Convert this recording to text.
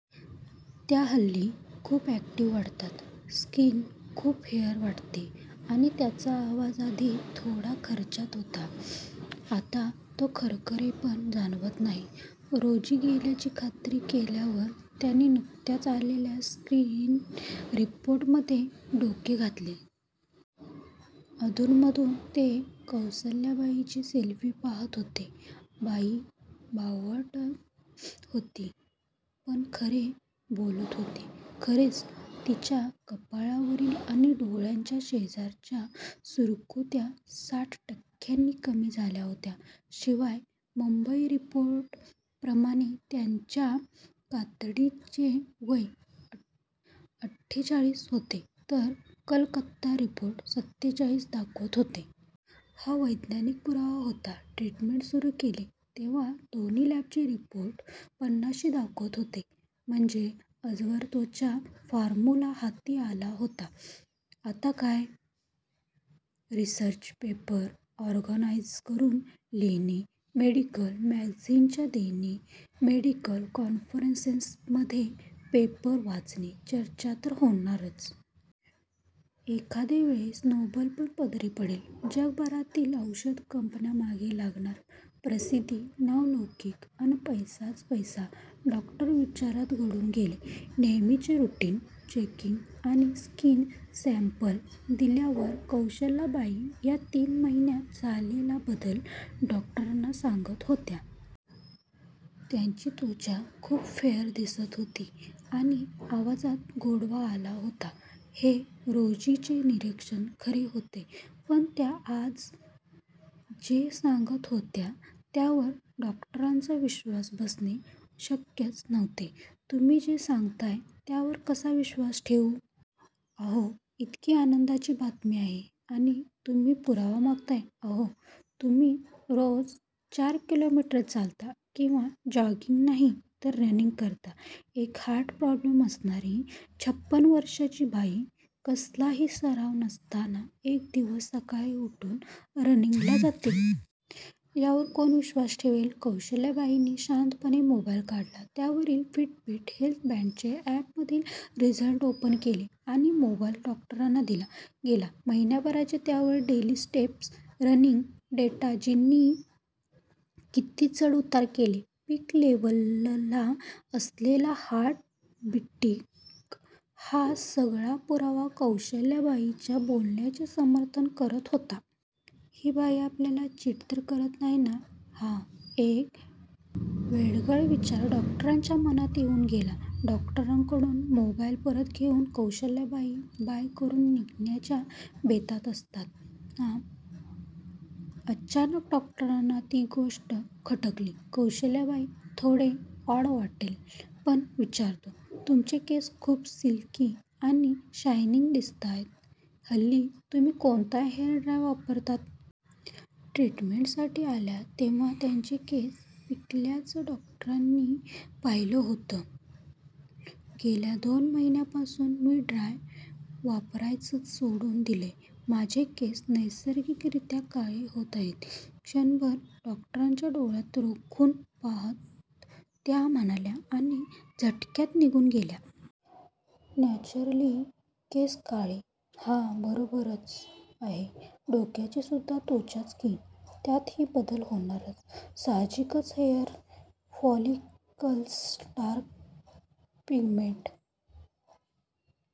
त्या हल्ली खूप ऍक्टिव्ह वाटतात. स्किन खूप फेयर वाटतीय आणि त्यांचा आवाज आधी थोडा खर्जात होता. आत्ता तो खरखरे पण जाणवत नाही! रोजी गेल्याची खात्री केल्यावर, त्यांनी नुकत्याच आलेल्या स्किन रिपोर्टमध्ये डोके घातले. अधून मधून ते कौसल्याबाईंची सेल्फी पहात होते. बाई बावळट होती. पण खरे बोलत होती! खरेच तिच्या कपाळावरली आणि डोळ्याच्या शेजारच्या सुरुकुत्या साठ टक्क्यांनी कमी झाल्या होत्या! शिवाय मुंबई रिपोर्ट प्रमाणे त्यांच्या कातडीचे वय अठ्ठेचाळी होते, तर कलकत्ता रिपोर्ट सत्तेचाळीस दाखवत होते! हा वैज्ञानिक पुरावा होता! ट्रीटमेंट सुरु केली तेव्हा दोन्ही लॅबचे रोपोर्ट पन्नाशी दाखवत होते! म्हणजे 'अजरत्वचा फार्मुला' हाती आला होता! आता काय? रिसर्च पेपर ऑर्गनाईझ करून लिहणे, मेडिकल मॅगझिनच्या देणे, मेडिकल कॉन्फरन्सेस मध्ये पेपर वाचणे, चर्चा तर होणारच. एखादे वेळेस नोबल पण पदरी पडेल! जगभरातील औषध कंपन्या मागे लागणार, प्रसिद्धी, नावलौकिक, अन पैसाच पैसा! डॉक्टर विचारात गढून गेले. नेहमीचे रुटीन चेकिंग आणि स्किन सॅम्पल दिल्यावर कौसल्याबाई या तीन महिन्यात झालेला बदल डॉक्टरांना सांगत होत्या. त्याची त्वचा खूप फेयर दिसत होती आणि आवाजात गोडवा आला होता, हे रोजीचे निरीक्षण खरे होते. पण त्या, आज जे सांगत होत्या त्यावर डॉक्टरांचा विश्वास बसणे शक्यच नव्हते. तुम्ही जे सांगताय त्यावर कसा विश्वास ठेवू? "अहो, इतकी आनंदाची बातमी आहे, आणि तुम्ही पुरावा मागताय? " अहो, तुम्ही रोज चार किलोमीटर, चालता किंवा जॉगिंग नाही तर रनिंग करता! एक हार्ट प्रॉब्लेम असणारी, छप्पन वर्षाची बाई, कसलाही सराव नसताना एक दिवस सकाळी उठून रनींगला जाते! यावर कोण विश्वास ठेवेल? कौशल्याबाईंनी शांतपणे मोबाईल काढला. त्यावरील फिटबीट हेल्थबॅन्डचे ऍपमधील रिझल्ट ओपन केले आणि मोबाईल डॉक्टरांना दिला. गेला महिनाभराचे त्यावर, डेली स्टेप्स, रनिंग डेटा, जिने किती चढ उतार केले, पीकलेव्हलला असलेला हार्ट बिटिंग, हा सगळा पुरावा कौसल्याबाईंच्या बोलण्याचे समर्थन करत होता! हि बाई आपल्याला चिट तर करत नाही ना? हा एक वेडगळ विचार डॉक्टरांच्या मनात येऊन गेला. डॉक्टरांकडून मोबाईल परत घेवून कौसल्याबाई 'बाय' करून निघण्याच्या बेतात असताना, अचानक डॉक्टरांना ती गोष्ट खटकली. कौशल्याबाई, थोडे ऑड वाटेल, पण विचारतो, तुमचे केस खूप सिल्की आणि शायनिंग दिसताहेत, हल्ली तुम्ही कोणता हेयर डाय वापरता? " ट्रीटमेंट साठी आल्या तेव्हा, त्याचे केस पिकल्याच डॉक्टररानी पाहिलं होत. " गेल्या दोन महिन्या पासून मी डाय वापरायचं सोडून दिलंय! माझे केस नैसर्गिक रित्या काळे होत आहेत! क्षणभर डॉक्टरांच्या डोळ्यात रोखून पहात त्या म्हणाल्या आणि झटक्यात निघून गेल्या! न्याचुरली केस काळे? हा, बरोबरच आहे! डोक्याची सुद्धा त्वचाच कि, त्यात हि बदल होणारच. सहाजिकच हेयर फॉलिकल्स डार्क पिगमेंट